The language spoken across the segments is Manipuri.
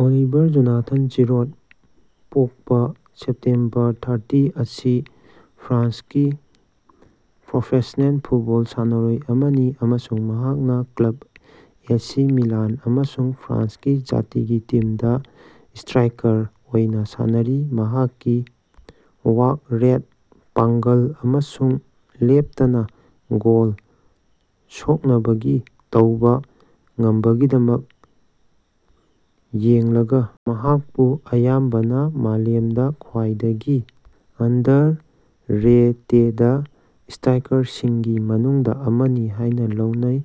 ꯑꯣꯂꯤꯚꯤꯌꯔ ꯖꯣꯅꯥꯊꯟ ꯖꯤꯔꯣꯗ (ꯄꯣꯛꯄꯥ ꯁꯦꯞꯇꯦꯝꯕꯔ ꯊꯥꯔꯇꯤ) ꯑꯁꯤ ꯐ꯭ꯔꯥꯟꯁꯀꯤ ꯄ꯭ꯔꯣꯐꯦꯁ꯭ꯅꯦꯜ ꯐꯨꯠꯕꯣꯜ ꯁꯥꯟꯅꯔꯣꯏ ꯑꯃꯅꯤ ꯑꯃꯁꯨꯡ ꯃꯍꯥꯛꯅꯥ ꯀ꯭ꯂꯕ ꯑꯦꯁꯤ ꯃꯤꯂꯥꯟ ꯑꯃꯁꯨꯡ ꯐ꯭ꯔꯥꯟꯁꯀꯤ ꯖꯥꯇꯤꯒꯤ ꯇꯤꯝꯗꯥ ꯁꯇ꯭ꯔꯥꯏꯀꯔ ꯑꯣꯏꯅꯥ ꯁꯥꯟꯅꯔꯤ꯫ ꯃꯍꯥꯛꯀꯤ ꯋ꯭ꯔꯥꯥꯛ-ꯔꯦꯠ, ꯄꯥꯡꯒꯜ, ꯑꯃꯁꯨꯡ ꯂꯦꯞꯇꯅꯥ ꯒꯣꯜ ꯁꯣꯛꯅꯕꯒꯤ ꯇꯧꯕꯥ ꯉꯝꯕꯒꯤꯗꯃꯛ ꯌꯦꯡꯂꯒꯥ, ꯃꯍꯥꯛꯄꯨ ꯑꯌꯥꯝꯕꯅꯥ ꯃꯥꯂꯦꯝꯗꯥ ꯈ꯭ꯋꯥꯏꯗꯒꯤ ꯑꯟꯗꯔꯔꯦꯇꯦꯗ ꯁꯇ꯭ꯔꯥꯏꯀꯔꯁꯤꯡꯒꯤ ꯃꯅꯨꯡꯗꯥ ꯑꯃꯅꯤ ꯍꯥꯏꯅꯥ ꯂꯧꯅꯩ꯫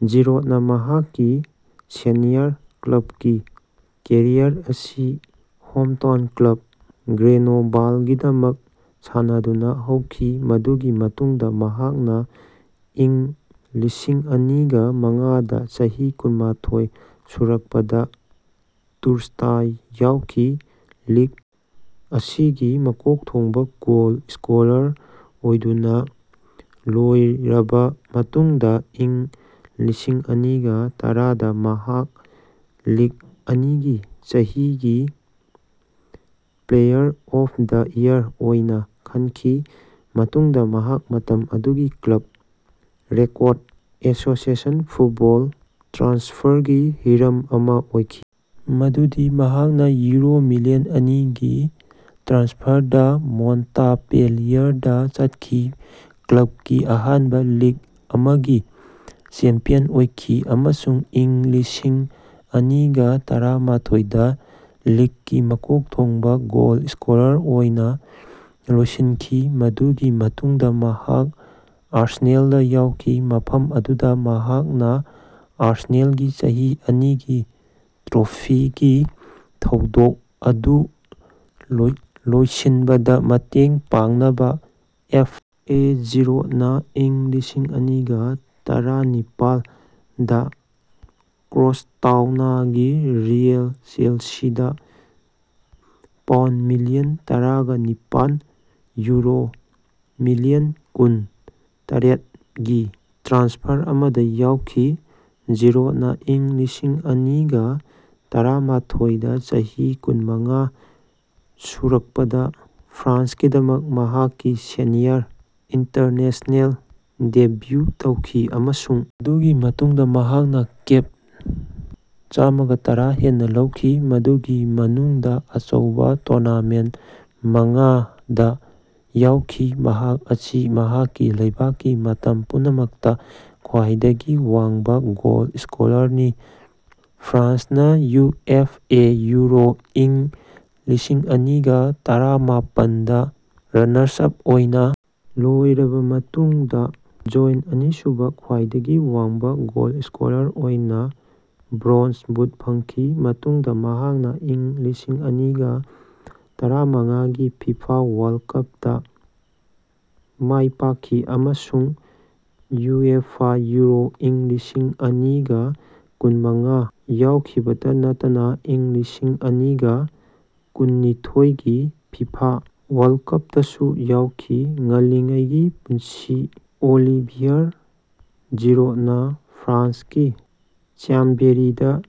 ꯖꯤꯔꯣꯗꯅꯥ ꯃꯍꯥꯛꯀꯤ ꯁꯦꯅꯤꯌꯔ ꯀ꯭ꯂꯕꯀꯤ ꯀꯦꯔꯤꯌꯔ ꯑꯁꯤ ꯍꯣꯝꯇꯥꯎꯟ ꯀ꯭ꯂꯕ ꯒ꯭ꯔꯦꯅꯣꯕꯜꯒꯤꯗꯃꯛ ꯁꯥꯟꯅꯗꯨꯅꯥ ꯍꯧꯈꯤ, ꯃꯗꯨꯒꯤ ꯃꯇꯨꯡꯗꯥ ꯃꯍꯥꯛꯅꯥ ꯢꯪ ꯂꯤꯁꯤꯡꯑꯅꯤꯒ ꯃꯉꯥꯗꯥ ꯆꯍꯤ ꯀꯨꯟꯃꯊꯣꯢ ꯁꯨꯔꯛꯄꯗꯥ ꯇꯨꯔꯁꯇꯥ ꯌꯥꯎꯈꯤ꯫ ꯂꯤꯒ ꯑꯁꯤꯒꯤ ꯃꯀꯣꯛ ꯊꯣꯡꯕꯥ ꯒꯣꯜ ꯁ꯭ꯀꯣꯂꯔ ꯑꯣꯏꯗꯨꯅꯥ ꯂꯣꯏꯔꯕꯥ ꯃꯇꯨꯡꯗꯥ ꯢꯪ ꯂꯤꯁꯤꯡꯑꯅꯤꯒ ꯇꯔꯥꯗꯥ ꯃꯍꯥꯛ ꯂꯤꯒ ꯑꯅꯤꯒꯤ ꯆꯍꯤꯒꯤ ꯄ꯭ꯂꯦꯌꯔ ꯑꯣꯐ ꯗ ꯢꯌꯔ ꯑꯣꯏꯅꯥ ꯈꯟꯈꯤ꯫ ꯃꯇꯨꯡꯗꯥ ꯃꯍꯥꯛ ꯃꯇꯝ ꯑꯗꯨꯒꯤ ꯀ꯭ꯂꯕ ꯔꯦꯀꯣꯔꯗ ꯑꯦꯁꯣꯁꯤꯑꯦꯁꯟ ꯐꯨꯠꯕꯣꯜ ꯇ꯭ꯔꯥꯟꯁꯐꯔꯒꯤ ꯍꯤꯔꯝ ꯑꯃꯥ ꯑꯣꯏꯈꯤ ꯃꯗꯨꯗꯤ ꯃꯍꯥꯛꯅꯥ ꯌꯨꯔꯣ ꯃꯤꯂꯤꯌꯟ ꯑꯅꯤꯒꯤ ꯇ꯭ꯔꯥꯟꯁꯐꯔꯗꯥ ꯃꯣꯟꯇꯥꯄꯦꯂꯤꯌꯔꯗꯥ ꯆꯠꯈꯤ, ꯀ꯭ꯂꯕꯀꯤ ꯑꯍꯥꯟꯕꯥ ꯂꯤꯒ ꯑꯃꯒꯤ ꯆꯦꯝꯄꯤꯌꯟ ꯑꯣꯏꯈꯤ ꯑꯃꯁꯨꯡ ꯢꯪ ꯂꯤꯁꯤꯡꯑꯅꯤꯒ ꯇꯔꯥꯅꯤꯊꯣꯢꯗꯥ ꯂꯤꯒꯀꯤ ꯃꯀꯣꯛ ꯊꯣꯡꯕꯥ ꯒꯣꯜꯁ꯭ꯀꯣꯂꯔ ꯑꯣꯏꯅꯥ ꯂꯣꯏꯁꯤꯟꯈꯤ꯫ ꯃꯗꯨꯒꯤ ꯃꯇꯨꯡꯗꯥ ꯃꯍꯥꯛ ꯑꯥꯔꯁꯦꯅꯥꯜꯗꯥ ꯌꯥꯎꯈꯤ, ꯃꯐꯝ ꯑꯗꯨꯗꯥ ꯃꯍꯥꯛꯅꯥ ꯑꯥꯔꯁꯦꯅꯥꯜꯒꯤ ꯆꯍꯤ ꯑꯅꯤꯒꯤ ꯇ꯭ꯔꯣꯐꯤꯒꯤ ꯊꯧꯗꯣꯛ ꯑꯗꯨ ꯂꯣꯏꯁꯤꯟꯕꯗꯥ ꯃꯇꯦꯡ ꯄꯥꯡꯅꯕꯥ ꯑꯦꯐ. ꯑꯦ. ꯖꯤꯔꯣꯗꯅꯥ ꯢꯪ ꯂꯤꯁꯤꯡꯑꯅꯤꯒ ꯇꯔꯥꯅꯤꯄꯥꯜ ꯗꯥ ꯀ꯭ꯔꯣꯁꯇꯥꯎꯅꯒꯤ ꯔꯤꯑꯦꯜ ꯆꯦꯜꯁꯤꯗꯥ ꯄꯥꯎꯟꯗ ꯃꯤꯂꯤꯌꯟ ꯇꯔꯥꯅꯤꯄꯥꯟ (ꯌꯨꯔꯣ ꯃꯤꯂꯤꯌꯟ ꯀꯨꯟ. ꯇꯔꯦꯠ)ꯒꯤ ꯇ꯭ꯔꯥꯟꯁꯐꯔ ꯑꯃꯗꯥ ꯌꯥꯎꯈꯤ꯫ ꯖꯤꯔꯣꯗꯅꯥ ꯢꯪ ꯂꯤꯁꯤꯡꯑꯅꯤꯒ ꯇꯔꯥꯃꯊꯣꯢ ꯗꯥ ꯆꯍꯤ ꯀꯨꯟꯃꯉꯥ ꯁꯨꯔꯛꯄꯗꯥ ꯐ꯭ꯔꯥꯟꯁꯀꯤꯗꯃꯛ ꯃꯍꯥꯛꯀꯤ ꯁꯦꯅꯤꯌꯔ ꯏꯟꯇꯔꯅꯦꯁ꯭ꯅꯦꯜ ꯗꯦꯕ꯭ꯌꯨ ꯇꯧꯈꯤ, ꯑꯃꯁꯨꯡ ꯃꯗꯨꯒꯤ ꯃꯇꯨꯡꯗꯥ ꯃꯍꯥꯛꯅꯥ ꯀꯦꯞ ꯆꯥꯃꯒꯇꯔꯥ ꯍꯦꯟꯅꯥ ꯂꯧꯈꯤ, ꯃꯗꯨꯒꯤ ꯃꯅꯨꯡꯗꯥ ꯑꯆꯧꯕꯥ ꯇꯨꯔꯅꯥꯃꯦꯟꯇ ꯃꯉꯥꯗꯥ ꯌꯥꯎꯈꯤ꯫ ꯃꯍꯥꯛ ꯑꯁꯤ ꯃꯍꯥꯛꯀꯤ ꯂꯩꯕꯥꯛꯀꯤ ꯃꯇꯝ ꯄꯨꯝꯅꯃꯛꯇꯥ ꯈ꯭ꯋꯥꯏꯗꯒꯤ ꯋꯥꯡꯕꯥ ꯒꯣꯜ ꯁ꯭ꯀꯣꯂꯔꯅꯤ, ꯐ꯭ꯔꯥꯟꯁꯅꯥ ꯌꯨꯑꯦꯐꯑꯦ ꯌꯨꯔꯣ ꯢꯪ ꯂꯤꯁꯤꯡꯑꯅꯤꯒ ꯇꯔꯥꯃꯄꯟ ꯗ ꯔꯅꯥꯔꯁ ꯑꯞ ꯑꯣꯏꯅꯥ ꯂꯣꯏꯔꯕꯥ ꯃꯇꯨꯡꯗꯥ ꯖꯣꯏꯟꯇ ꯑꯅꯤꯁꯨꯕꯥ ꯈ꯭ꯋꯥꯏꯗꯒꯤ ꯋꯥꯡꯕꯥ ꯒꯣꯜꯁ꯭ꯀꯣꯂꯔ ꯑꯣꯏꯅꯥ ꯕ꯭ꯔꯣꯟꯖ ꯕꯨꯠ ꯐꯪꯈꯤ꯫ ꯃꯇꯨꯡꯗꯥ ꯃꯍꯥꯛꯅꯥ ꯢꯪ ꯂꯤꯁꯤꯡꯑꯅꯤꯒ ꯇꯔꯥꯃꯉꯥꯒꯤ ꯐꯤꯐꯥ ꯋꯥꯔꯜꯗ ꯀꯞꯇꯥ ꯃꯥꯏꯄꯥꯛꯈꯤ, ꯑꯃꯁꯨꯡ ꯌꯨꯑꯦꯐꯥ ꯌꯨꯔꯣ ꯢꯪ ꯂꯤꯁꯤꯡꯑꯅꯤꯒ ꯀꯨꯟꯗꯥ ꯌꯥꯎꯈꯤꯕꯇꯥ ꯅꯠꯇꯅꯥ ꯢꯪ ꯂꯤꯁꯤꯡꯑꯅꯤꯒ ꯀꯨꯟꯅꯤꯊꯣꯢꯒꯤ ꯐꯤꯐꯥ ꯋꯥꯔꯜꯗ ꯀꯄꯇꯥꯁꯨ ꯌꯥꯎꯈꯤ꯫ ꯉꯜꯂꯤꯉꯩꯒꯤ ꯄꯨꯟꯁꯤ ꯑꯣꯂꯤꯚꯤꯌꯥꯔ ꯖꯤꯔꯣꯗꯅꯥ ꯐ꯭ꯔꯥꯟꯁꯀꯤ ꯆ꯭ꯌꯥꯝꯕꯦꯔꯤꯗꯥ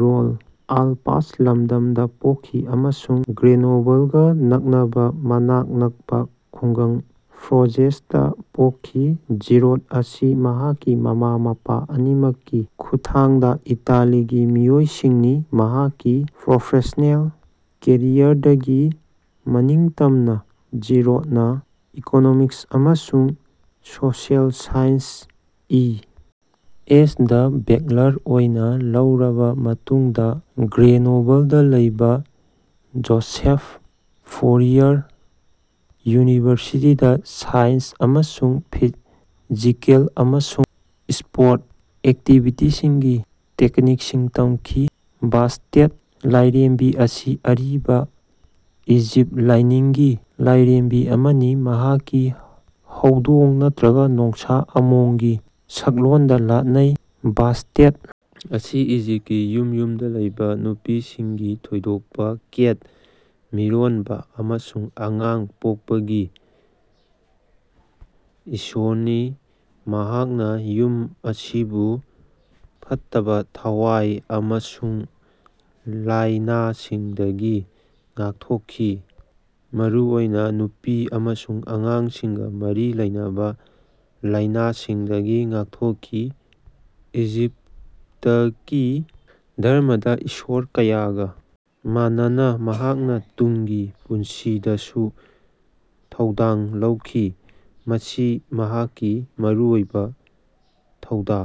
ꯔꯣꯟ ꯑꯥꯜꯄꯁ ꯂꯝꯗꯝꯗꯥ ꯄꯣꯛꯈꯤ ꯑꯃꯁꯨꯡ ꯒ꯭ꯔꯦꯅꯣꯕꯜꯒꯥ ꯅꯛꯅꯕꯥ ꯃꯅꯥꯛ ꯅꯛꯄꯥ ꯈꯨꯡꯒꯪ ꯐ꯭ꯔꯣꯖꯦꯁꯇꯥ ꯄꯣꯛꯈꯤ꯫ ꯖꯤꯔꯣꯗ ꯑꯁꯤ ꯃꯍꯥꯛꯀꯤ ꯃꯃꯥ-ꯃꯄꯥ ꯑꯅꯤꯃꯛꯀꯤ ꯈꯨꯠꯊꯥꯡꯗꯥ ꯏꯇꯥꯂꯤꯒꯤ ꯃꯤꯑꯣꯏꯁꯤꯡꯅꯤ꯫ ꯃꯍꯥꯛꯀꯤ ꯄ꯭ꯔꯣꯐꯦꯁ꯭ꯅꯦꯜ ꯀꯦꯔꯤꯌꯔꯗꯒꯤ ꯃꯅꯤꯡꯇꯝꯅꯥ, ꯖꯤꯔꯧꯗꯅꯥ ꯏꯀꯣꯅꯣꯃꯤꯛꯁ ꯑꯃꯁꯨꯡ ꯁꯣꯁꯤꯑꯦꯜ ꯁꯥꯏꯟꯁ (ꯏ. ꯑꯦꯁ.)ꯗꯥ ꯕꯦꯛꯂꯔ ꯑꯣꯏꯅꯥ ꯂꯧꯔꯕꯥ ꯃꯇꯨꯡꯗꯥ, ꯒ꯭ꯔꯦꯅꯣꯕꯜꯗꯥ ꯂꯩꯕꯥ ꯖꯣꯁꯦꯐ ꯐꯣꯔꯤꯌꯔ ꯌꯨꯅꯤꯚꯔꯁꯤꯇꯤꯗꯥ ꯁꯥꯏꯟꯁ ꯑꯃꯁꯨꯡ ꯐꯤꯖꯤꯀꯦꯜ ꯑꯃꯁꯨꯡ ꯁ꯭ꯄꯣꯔꯇ ꯑꯦꯛꯇꯤꯕꯤꯇꯤꯁꯤꯡꯒꯤ ꯇꯦꯛꯅꯤꯛꯁꯤꯡ ꯇꯝꯈꯤ꯫ ꯕꯥꯁꯇꯦꯠ, ꯂꯥꯢꯔꯦꯝꯕꯤ ꯑꯁꯤ ꯑꯔꯤꯕ ꯏꯖꯤꯞ ꯂꯥꯢꯅꯤꯡꯒꯤ ꯂꯥꯢꯔꯦꯝꯕꯤ ꯑꯃꯅꯤ꯫ ꯃꯍꯥꯛꯁꯤ ꯍꯧꯗꯣꯡ ꯅꯠꯇ꯭ꯔꯒ ꯅꯣꯡꯁꯥ ꯑꯃꯣꯝꯒꯤ ꯁꯛꯂꯣꯟꯗ ꯂꯥꯠꯅꯩ꯫ ꯕꯥꯁꯇꯦꯠ ꯑꯁꯤ ꯏꯖꯤꯞꯀꯤ ꯌꯨꯝ ꯌꯨꯝꯗꯥ ꯂꯩꯕꯥ, ꯅꯨꯄꯤꯁꯤꯡꯒꯤ ꯊꯣꯏꯗꯣꯛꯄꯥ, ꯀꯦꯠ ꯃꯤꯔꯣꯟꯕꯥ ꯑꯃꯁꯨꯡ ꯑꯉꯥꯡ ꯄꯣꯛꯄꯒꯤ ꯏꯁꯣꯔꯅꯤ꯫ ꯃꯍꯥꯛꯅꯥ ꯌꯨꯝ ꯑꯁꯤꯕꯨ ꯐꯠꯇꯕꯥ ꯊꯋꯥꯢ ꯑꯃꯁꯨꯡ ꯂꯥꯢꯅꯥꯁꯤꯡꯗꯒꯤ ꯉꯥꯛꯊꯣꯛꯈꯤ, ꯃꯔꯨꯑꯣꯏꯅꯥ ꯅꯨꯄꯤ ꯑꯃꯁꯨꯡ ꯑꯉꯥꯡꯁꯤꯡꯒꯥ ꯃꯔꯤ ꯂꯩꯅꯕꯥ ꯂꯥꯢꯅꯥꯁꯤꯡꯗꯒꯤ ꯉꯥꯛꯊꯣꯛꯈꯤ꯫ ꯏꯖꯤꯞꯇꯀꯤ ꯙꯔꯝꯃꯗꯥ ꯏꯁꯣꯔ ꯀꯌꯥꯒꯥ ꯃꯥꯟꯅꯅꯥ, ꯃꯍꯥꯛꯅꯥ ꯇꯨꯡꯒꯤ ꯄꯨꯟꯁꯤꯗꯁꯨ ꯊꯧꯗꯥꯡ ꯂꯧꯈꯤ꯫ ꯃꯁꯤ ꯃꯍꯥꯛꯀꯤ ꯃꯔꯨꯑꯣꯏꯕꯥ ꯊꯧꯗꯥ꯫